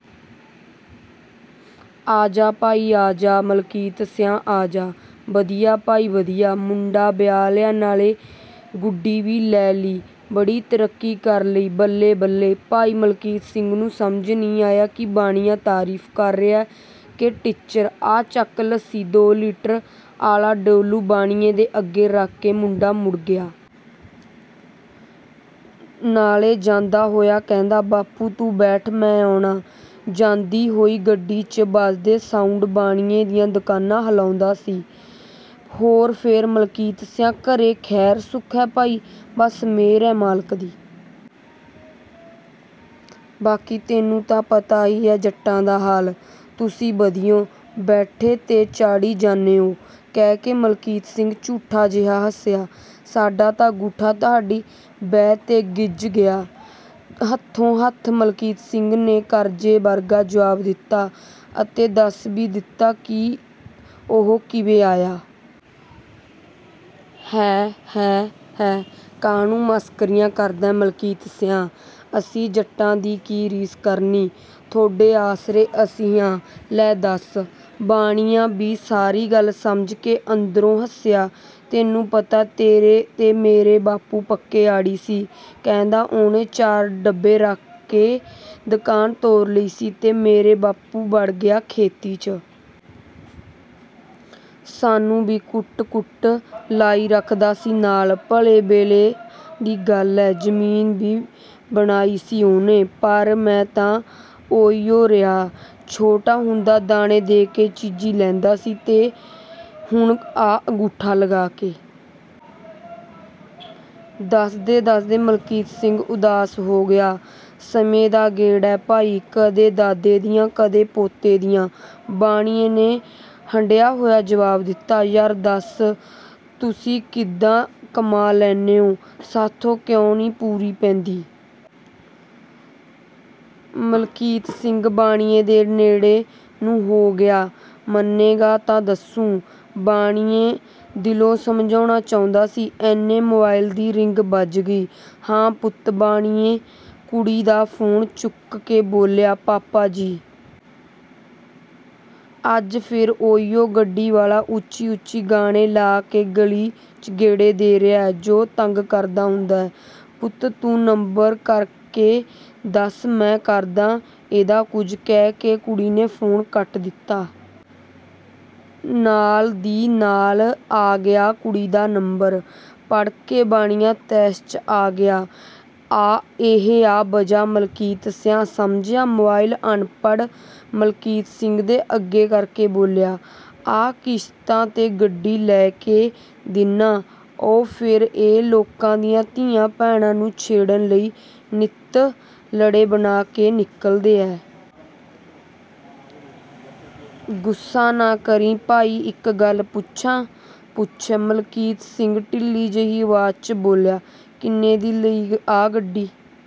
ਆਜਾ ਭਾਈ ਆਜਾ ਮਲਕੀਤ ਸੀਆਂ ਆਜਾ! ਵਧਾਈਆਂ ਭਾਈ ਵਧਾਈਆਂ, ਮੁੰਡਾ ਵਿਆਹ ਲਿਆ ਨਾਲੇ ਗੱਡੀ ਵੀ ਲੇ ਲਈ, ਬੜੀ ਤਰੱਕੀ ਕਰ ਲਈ ਬੱਲੇ-ਬੱਲੇ। ਭਾਈ ਮਲਕੀਤ ਸਿੰਘ ਨੂੰ ਸਮਝ ਨੀ ਆਇਆ ਵੀ ਬਾਣੀਆਂ ਤਰੀਫਾਂ ਕਰ ਰਿਹਾ ਕੇ ਟਿੱਚਰਾਂ "ਆ ਚੱਕ ਲੱਸੀ" ਦੋ ਲੀਟਰ ਆਲਾ ਡੋਲੂ ਬਾਣੀਏ ਦੇ ਅੱਗੇ ਰੱਖ ਕੇ ਮੁੰਡਾ ਮੁੜ ਗਿਆ। ਨਾਲੇ ਜਾਂਦਾ ਹੋਇਆ ਕਹਿੰਦਾ "ਬਾਪੂ ਤੂੰ ਬੈਠ, ਮੈਂ ਅਉਣਾ।" ਜਾਂਦੀ ਹੋਈ ਗੱਡੀ 'ਚ ਵੱਜਦਾ ਸਾਉੰਡ ਬਾਣੀਆਂ ਦੀਆ ਦੁਕਾਨਾਂ ਹਿਲਾਉਂਦਾ ਸੀ। "ਹੋਰ ਫੇਰ ਮਲਕੀਤ ਸੀਆਂ ਘਰੇ ਖੈਰ ਸੁਖ ਐ ਭਾਈ?" ਬਸ ਮੇਹਰ ਆ ਮਾਲਕ ਦੀ। ਬਾਕੀ ਤੇਨੂੰ ਪਤਾ ਹੀ ਆ ਜੱਟਾਂ ਦਾ ਹਾਲ, ਤੁਸੀਂ ਵਧੀਆ ਬੈਠੇ ਤੇ ਚਾਹੜੀ ਜਾਨੇ ਓ" ਕਹਿ ਕੇ ਮਲਕੀਤ ਸਿੰਘ ਝੂਠਾ ਜਿਹਾ ਹੱਸਿਆ। "ਸਾਡਾ ਤਾਂ ਗੂਠਾ ਤੁਹਾਡੀ ਬਹਿ ਤੇ ਗਿੱਜ ਗਿਆ।" ਹੱਥੋਂ ਹੱਥ ਮਲਕੀਤ ਸਿੰਘ ਨੇ ਕਰਜ਼ੇ ਵਰਗਾ ਜਵਾਬ ਦਿੱਤਾ ਅਤੇ ਦੱਸ ਵੀ ਦਿੱਤਾ ਕਿ ਉਹ ਕਿੰਵੇ ਆਇਆ?" ਹੈ, ਹੈ, ਹੈ ਕਾਹਨੂੰ ਮਸ਼ਕਰੀਆਂ ਕਰਦਾ ਮਲਕੀਤ ਸੀਆਂ? ਅਸੀਂ ਜੱਟਾਂ ਦੀ ਕੀ ਰੀਸ ਕਰਣੀ, ਥੋਡੇ ਆਸਰੇ ਅਸੀਂ ਹਾਂ, ਲੈ ਦੱਸ " ਬਾਣੀਆਂ ਵੀ ਸਾਰੀ ਗੱਲ ਸਮਝ ਕੇ ਅੰਦਰੋਂ ਹੱਸਿਆ।" ਤੇਨੂੰ ਪਤਾ ਤੇਰਾ ਤੇ ਮੇਰਾ ਬਾਪੂ ਪੱਕੇ ਆੜੀ ਸੀ, ਕਹਿੰਦੇ ਓਹਨੇ ਚਾਰ ਡੱਬੇ ਰੱਖ ਦੁਕਾਨ ਤੋਰ ਲੀ ਤੇ ਮੇਰਾ ਬਾਪੂ ਵੜ ਗਿਆ ਖੇਤੀ 'ਚ। ਸਾਨੂੰ ਵੀ ਕੁੱਟ-ਕੁੱਟ ਲਾਈ ਰੱਖ ਦਾ ਸੀ ਨਾਲ। ਭਲੇ ਵੇਲਿਆਂ ਦੀ ਗੱਲ ਆ, ਜਮੀਨ ਵੀ ਬਣਾਈ ਸੀ ਓਹਨੇ ਪਰ ਮੈਂ ਤਾਂ ਓਹੀਓ ਰਿਹਾ। ਛੋਟਾ ਹੁੰਦਾ ਦਾਣੇ ਦੇ ਕੇ ਚੀਜ਼ਾਂ ਲੈਂਦਾ ਸੀ ਤੇ ਆ ਹੁਣ ਆਹ ਗੂਠੇ ਲਾ ਕੇ।" ਦੱਸਦਾ-ਦੱਸਦਾ ਮਲਕੀਤ ਸਿੰਘ ਉਦਾਸ ਹੋ ਗਿਆ। "ਸਮੇ ਦਾ ਗੇੜਾ ਭਾਈ, ਕਦੇ ਦਾਦੇ ਦੀਆਂ, ਕਦੇ ਪੋਤੇ ਦੀਆਂ।" ਬਾਣੀਏ ਨੇਂ ਹੰਢਿਆ ਹੋਇਆ ਜਵਾਬ ਦਿੱਤਾ। "ਯਾਰ ਦਸ ਤੁਸੀਂ ਕਿਦਾਂ ਕਮਾ ਲੈਨੇ ਓ, ਸਾਥੋਂ ਕਿਉਂ ਨੀ ਪੂਰੀ ਪੈਂਦੀ? ਮਲਕੀਤ ਸਿੰਘ ਬਾਣੀਏ ਦੇ ਨੇੜੇ ਨੂੰ ਹੋ ਗਿਆ। "ਮੰਨੇਗਾ ਤਾਂ ਦੱਸੂ।" ਬਾਣੀਏ ਦਿਲੋਂ ਸਮਝਾਉਣਾ ਚਾਉਂਦਾ ਸੀ ਏਨੇ ਮੋਬਾਇਲ ਦੀ ਰਿੰਗ ਵੱਜ ਗਈ। "ਹਾਂ ਪੁੱਤ" ਬਾਣੀਆਂ ਕੁੜੀ ਦਾ ਫੋਨ ਚੱਕ ਕੇ ਬੋਲਿਏ। " ਪਾਪਾ ਜੀ! ਅੱਜ ਫਿਰ ਓਹੀਓ ਗੱਡੀ ਵਾਲਾ ਉੱਚੀ-ਉੱਚੀ ਗਾਣੇ ਲਾ ਕੇ ਗਲੀ ਚ ਗੇੜੇ ਦੇ ਰਿਹਾ, ਜੋ ਤੰਗ ਕਰਦਾ ਹੁੰਦਾ।" ਪੁੱਤ ਤੂੰ ਨੰਬਰ ਕਰ ਕੇ ਦੱਸ ਮੈਂ ਕਰਦਾ ਇਹਦਾ ਕੁਜ।" ਕਹਿ ਕੇ ਕੁੜੀ ਨੇ ਫੋਨ ਕੱਟ ਦਿੱਤਾ। ਨਾਲ ਦੀ ਨਾਲ ਆ ਗਿਆ ਕੁੜੀ ਦਾ, ਨੰਬਰ ਪੜ ਕੇ ਬਾਣੀਆਂ ਤੈਸ਼ 'ਚ ਆ ਗਿਆ। "ਇਹ ਆ ਵਜ੍ਹਾ ਮਲਕੀਤ ਸੀਆਂ, ਸਮਝਿਆ?" ਮੋਬਾਇਲ ਅਨਪੜ੍ਹ ਮਲਕੀਤ ਸਿੰਘ ਦੇ ਅੱਗੇ ਕਰਕੇ ਬੋਲਿਆ, " ਆ ਕਿਸ਼ਤਾਂ ਤੇ ਗੱਡੀਆਂ ਲੈ ਕੇ ਦਿੰਨੇ ਓ ਫੇਰ ਏ ਲੋਕਾਂ ਦੀਆਂ ਧੀਆਂ ਭੈਣਾਂ ਨੂੰ ਛੇੜਣ ਲਈ ਨਿਤ ਲਾੜੇ ਬਣ ਕੇ ਨਿਕਲ ਦੇ ਆ। ਗੁੱਸਾ ਨਾ ਕਰੀ ਭਾਈ ਇੱਕ ਗੱਲ ਪੁੱਛਾਂ? "ਪੁੱਛ" ਮਲਕੀਤ ਸਿੰਘ ਢਿੱਲੀ ਜਿਹੀ ਆਵਾਜ਼ 'ਚ ਬੋਲਿਆ।" ਕਿੰਨੇ ਦੀ ਲੀ ਆ ਗੱਡੀ?